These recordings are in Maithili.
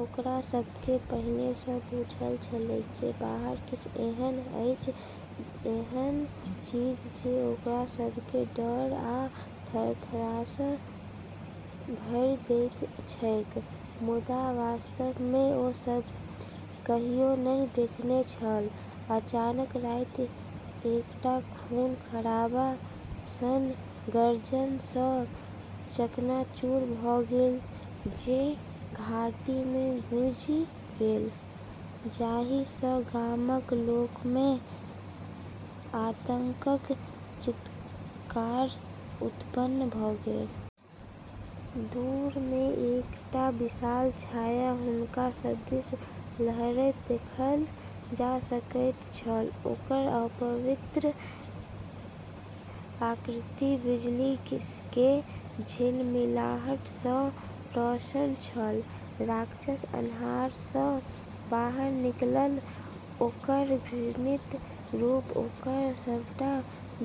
ओकरा सभकेँ पहिनेसँ बुझल छलैक जे बाहर किछ एहन अछि, एहन चीज जे ओकरा सभकेँ डर आ थरथरसँ भरि दैत छैक, मुदा वास्तवमे ओ सभ कहियो नहि देखने छल। अचानक राति एकटा खून-खराबा सन गर्जन सँ चकनाचूर भ' गेल जे घाटीमे गूँजि गेल, जाहि सँ गामक लोकमे आतंकक चीत्कार उत्पन्न भ' गेल। दूरमे एकटा विशाल छाया हुनका सब दिस लहरैत देखल जा सकैत छल, ओकर अपवित्र आकृति बिजलीके झिलमिलाहटसँ रोशन छल। राक्षस अन्हारसँ बाहर निकलल, ओकर घृणित रूप ओकर सभटा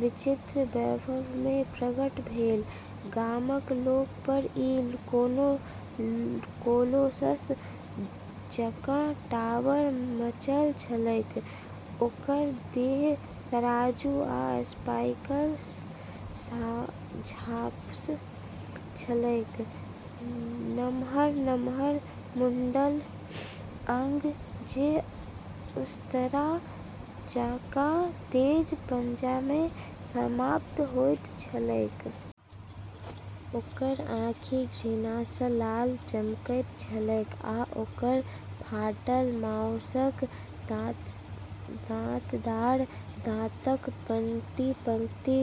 विचित्र वैभवमे प्रकट भेल। गामक लोक पर ई कोनो कोलोसस जकाँ टावर-मचल छलैक, ओकर देह तराजू आ स्पाइकसँ झाँपल छलैक, नम्हर-नम्हर मुड़ल अंग जे उस्तरा जकाँ तेज पंजामे समाप्त होइत छलैक। ओकर आँखि घृणासँ लाल चमकैत छलैक आ ओकर फाटल माउसक दाँतदार दाँतक पंक्ति-पंक्ति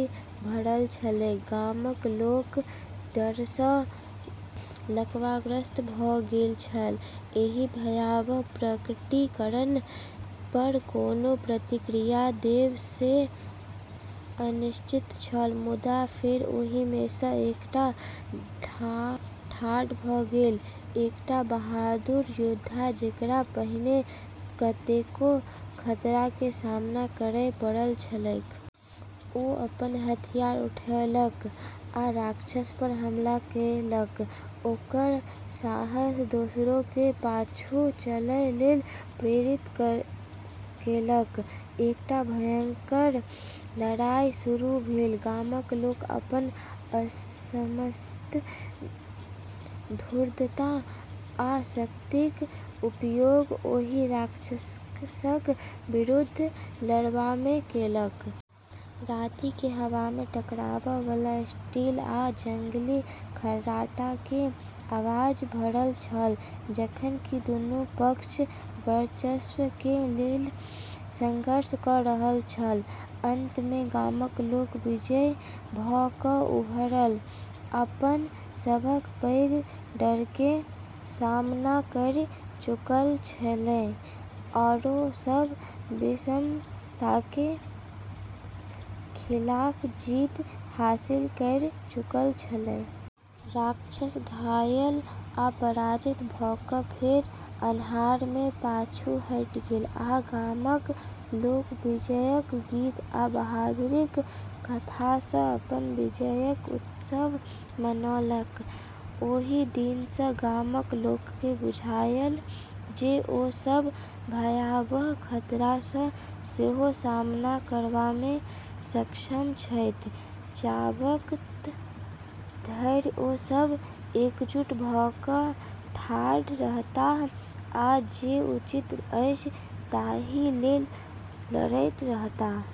भरल छलैक। गामक लोक डरसँ लकवाग्रस्त भ' गेल छल, एहि भयावह प्रकटीकरण पर कोना प्रतिक्रिया देब से अनिश्चित छल। मुदा फेर, ओहिमे सँ एकटा ठाढ़ भ' गेल, एकटा बहादुर योद्धा जेकरा पहिने कतेको खतराके सामना करय पड़ल छलैक। ओ अपन हथियार उठौलक आ राक्षस पर हमला केलक, ओकर साहस दोसरोके पाछू चलय लेल प्रेरित केलक। एकटा भयंकर लड़ाइ शुरू भेल, गामक लोक अपन समस्त धूर्तता आ शक्तिक उपयोग ओहि राक्षसक विरुद्ध लड़बामे केलक। रातिके हवा में टकरावबला स्टील आ जंगली खर्राटाके आवाज भरल छल, जखन कि दुनू पक्ष वर्चस्वके लेल संघर्ष क' रहल छल। अंतमे गामक लोक विजयी भ' क' उभरल। अपन सबसँ पैघ डरके सामना करि चुकल छलै, आरो सब विषमताके खिलाफ जीत हासिल करि चुकल छलै। राक्षस घायल आ पराजित भ' क' फेर अन्हारमे पाछू हटि गेल आ गामक लोक विजयक गीत आ बहादुरीक कथासँ अपन विजयक उत्सव मनौलक। ओहि दिनसँ गामक लोककेँ बुझायल जे ओ सभ भयावह खतरासँ सेहो सामना करबामे सक्षम छथि, जाबत धरि ओ सब एकजुट भ' क' ठाढ़ रहताह आ जे उचित अछि ताहि लेल लड़ैत रहताह।